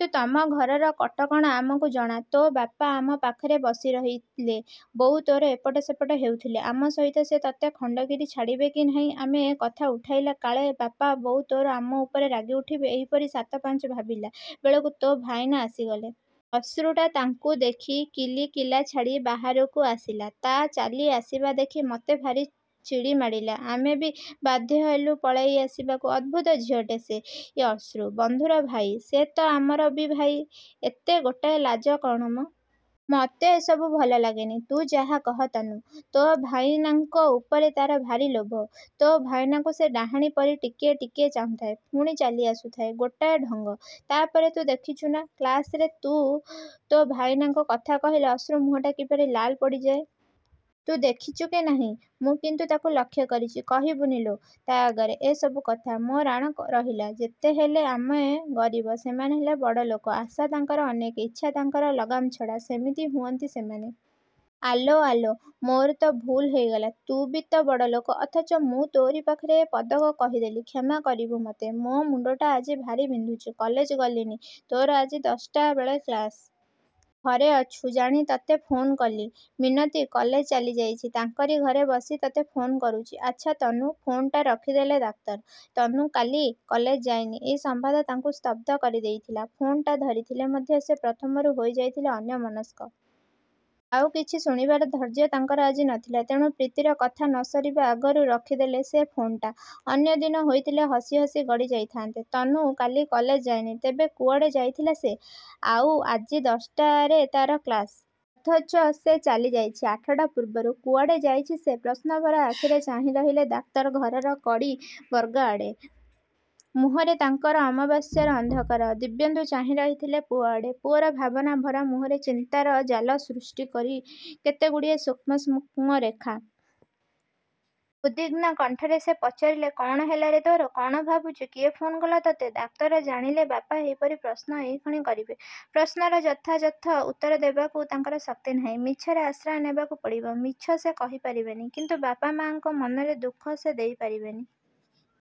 କିନ୍ତୁ ତମ ଘରର କଟକଣା ଆମକୁ ଜଣା। ତୋ ବାପା ଆମ ପାଖରେ ବସିରହିଲେ। ବୋଉ ତୋର ଏପଟ ସେପଟ ହେଉଥିଲେ। ଆମ ସହିତ ସେ ତୋତେ ଖଣ୍ଡଗିରି ଛାଡ଼ିବେ କି ନାହିଁ। ଆମେ ଏ କଥା ଉଠାଇଲେ କାଳେ ବାପା ବୋଉ ତୋର ଆମ ଉପରେ ରାଗିଉଠିବେ ଏହିପରି ସାତପାଞ୍ଚ ଭାବିଲା ବେଳକୁ ତୋ ଭାଇନା ଆସିଗଲେ! ଅଶ୍ରୁଟା ତାଙ୍କୁ ଦେଖି କିଲିକିଲା ଛାଡ଼ି ବାହାରକୁ ବାହାରି ଆସିଲା ତା' ଚାଲି ଆସିବା ଦେଖି ମୋତେ ଭାରି ଚିଡ଼ିମାଡ଼ିଲା। ଆମେ ବି ବାଧ୍ୟହେଲୁ ପଳାଇ ଆସିବାକୁ। ଅଦ୍ଭୁତ ଝିଅଟେ ସେଇ ଅଶ୍ରୁ। ବନ୍ଧୁର ଭାଇ, ସେ ତ ଆମର ବି ଭାଇ। ଏତେ ଗୋଟାଏ ଲାଜ କ'ଣ ମ। ମୋତେ ଏସବୁ ଭଲ ଲାଗେନି। ତୁ ଯାହାକହ ତନୁ, ତୋ ଭାଇନାଙ୍କ ଉପରେ ତା'ର ଭାରି ଲୋଭ। ତୋ ଭାଇନାକୁ ସେ ଡାହାଣୀପରି ଟିକିଏ ଟିକିଏ ଚାହୁଁଥାଏ ପୁଣି ଚାଲି ଆସିଥାଏ। ଗୋଟାଏ ଢଙ୍ଗ। ତା'ପରେ ତୁ ଦେଖିଛୁ ନା? କ୍ଲାସରେ ତୁ ତୋ ଭାଇନାଙ୍କ କଥା କହିଲେ ଅଶ୍ରୁ ମୁହଁଟା କିପରି ଲାଲ ପଡ଼ିଯାଏ? ତୁ ଦେଖିଛୁ କି ନାହିଁ, ମୁଁ କିନ୍ତୁ ତାକୁ ଲକ୍ଷ୍ୟ କରିଛି। କହିବୁନି ଲୋ ତା' ଆଗରେ ଏ ସବୁ କଥା, ମୋ ରାଣ ରହିଲା। ଯେତେହେଲେ ଆମେ ଗରିବ। ସେମାନେ ହେଲେ ବଡ଼ଲୋକ। ଆଶା ତାଙ୍କର ଅନେକ। ଇଚ୍ଛା ତାଙ୍କର ଲଗାମ ଛଡ଼ା। ସେମିତି ହୁଅନ୍ତି ସେମାନେ। ଆଲୋ, ଆଲୋ ମୋର ତ ଭୁଲ୍ ହୋଇଗଲା। ତୁ ବି ତ ବଡ଼ ଲୋକ। ଅଥଚ, ମୁଁ ତୋରି ପାଖରେ ଏ ପଦକ କହିଦେଲି। କ୍ଷମା କରିବୁ ମୋତେ। ମୋ ମୁଣ୍ଡଟା ଆଜି ଭାରି ବିନ୍ଧୁଛି। କଲେଜ ଗଲିନି। ତୋର ଆଜି ଦଶଟା ବେଳେ କ୍ଲାସ। ତୁ ଘରେ ଅଛୁ ଜାଣି ତୋତେ ଫୋନ କଲି-। ମିନତୀ କଲେଜ ଚାଲିଯାଇଛି। ତାଙ୍କରି ଘରେ ବସି ତୋତେ ଫୋନ କରୁଛି। ଆଚ୍ଛା ତନୁ... ଫୋନଟା ରଖିଦେଲେ ଡାକ୍ତର। ତନୁ କାଲି କଲେଜ ଯାଇନି ଏହି ସମ୍ୱାଦ ତାଙ୍କୁ ସ୍ତବ୍ଧ କରିଦେଇଥିଲା। ଫୋନଟା ଧରିଥିଲେ ମଧ୍ୟ ସେ ପ୍ରଥମରୁ ହୋଇଯାଇଥିଲେ ଅନ୍ୟମନସ୍କ। ଆଉ କିଛି ଶୁଣିବାର ଧୈର୍ଯ୍ୟ ତାଙ୍କର ଆଜି ନଥିଲା। ତେଣୁ ପ୍ରୀତିର କଥା ନ ସରିବା ଆଗରୁ ରଖିଦେଲେ ସେ ଫୋନଟା। ଅନ୍ୟଦିନ ହୋଇଥିଲେ ହସି ହସି ଗଡ଼ି ଯାଇଥାନ୍ତେ। ତନୁ କାଲି କଲେଜ ଯାଇନି, ତେବେ କୁଆଡ଼େ ଯାଇଥିଲା ସେ। ଆଉ ଆଜି, ଦଶଟାରେ ତାର କ୍ଳାସ୍। ଅଥଚ ସେ ଚାଲିଯାଇଛି ଆଠଟା ପୂର୍ବରୁ। କୁଆଡ଼େ ଯାଇଛି ସେ! ପ୍ରଶ୍ନଭରା ଆଖିରେ ଚାହିଁ ରହିଲେ ଡାକ୍ତର ଘରର କଡ଼ି ବର୍ଗା ଆଡ଼େ। ମୁହଁରେ ତାଙ୍କର ଅମାବାସ୍ୟାର ଅନ୍ଧକାର। ଦିବ୍ୟେନ୍ଦୁ ଚାହିଁ ରହିଥିଲେ ପୁଅଆଡ଼େ। ପୁଅର ଭାବନା ଭରା ମୁହଁରେ ଚିନ୍ତାର ଜାଲ ସୃଷ୍ଟି କରୁଛି କେତେଗୋଟି ସୂକ୍ଷ୍ମ ସୂକ୍ଷ୍ମ ରେଖା। ଉଦ୍ବିଗ୍ନ କଣ୍ଠରେ ସେ ପଚାରିଲେ–କ'ଣ ହେଲାରେ ତୋର? କ'ଣ ଭାବୁଛୁ? କିଏ ଫୋନ୍ କଲା ତୋତେ? ଡାକ୍ତର ଜାଣିଲେ ବାପା ଏହିପରି ପ୍ରଶ୍ନ ଏହିକ୍ଷଣି କରିବେ। ପ୍ରଶ୍ନର ଯଥାଯଥ ଉତ୍ତରଦେବାକୁ ତାଙ୍କର ଶକ୍ତି ନାହିଁ। ମିଛର ଆଶ୍ରୟ ନେବାକୁ ପଡ଼ିବ। ମିଛ ସେ କହିପାରିବେନି; କିନ୍ତୁ ବାପ ମାଆଙ୍କ ମନରେ ଦୁଃଖ ସେ ଦେଇପାରିବେନି।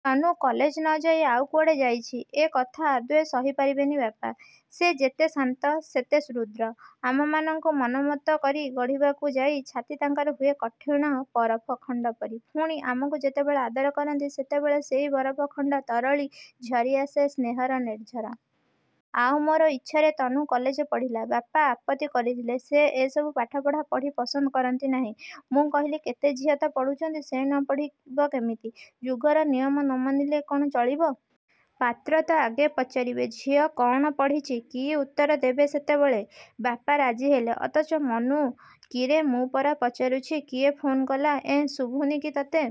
ତନୁ କଲେଜ ନଯାଇ ଆଉ କୁଆଡ଼େ ଯାଇଛି, ଏ କଥା ଆଦୌ ସହିପାରିବେନି ବାପା। ସେ ଯେତେ ଶାନ୍ତ, ସେତେ ରୁଦ୍ର। ଆମମାନଙ୍କୁ ମନୋମତ କରି ଗଢ଼ିବାକୁ ଯାଇ ଛାତି ତାଙ୍କର ହୁଏ କଠିଣ ବରଫ ଖଣ୍ଡ ପରି ପୁଣି, ଆମକୁ ଯେତେବେଳେ ଆଦର କରନ୍ତି ସେତେବେଳେ ସେଇ ବରଫ ଖଣ୍ଡ ତରଳି ଝରିଆସେ ସ୍ନେହର ନିର୍ଝର। ଆଉ ମୋର ଇଚ୍ଛାରେ ତନୁ କଲେଜରେ ପଢ଼ିଲା। ବାପା ଆପତ୍ତି କରିଥିଲେ। ସେ ଏସବୁ ପାଠ ପଢ଼ା ପଢ଼ି ପସନ୍ଦ କରନ୍ତି ନାହିଁ। ମୁଁ କହିଲି କେତେ ଝିଅ ତ ପଢ଼ୁଛନ୍ତି ସେ ନ ପଢ଼ିବ କେମିତି। ଯୁଗର ନିୟମ ନ ମାନିଲେ କ'ଣ ଚଳିବ? ପାତ୍ର ତ ଆଗ ପଚାରିବେ ଝିଅ କଣ ପଢ଼ିଛି-? କି ଉତ୍ତର ଦେବ ସେତେବେଳେ? ବାପା ରାଜିହେଲେ। ଅଥଚ –ମନୁ, କିରେ, ମୁଁ ପରା ପଚାରୁଛି କିଏ ଫୋନ୍ କଲା? ଏଁ, ଶୁଭୁନାହିଁ କି ତୋତେ।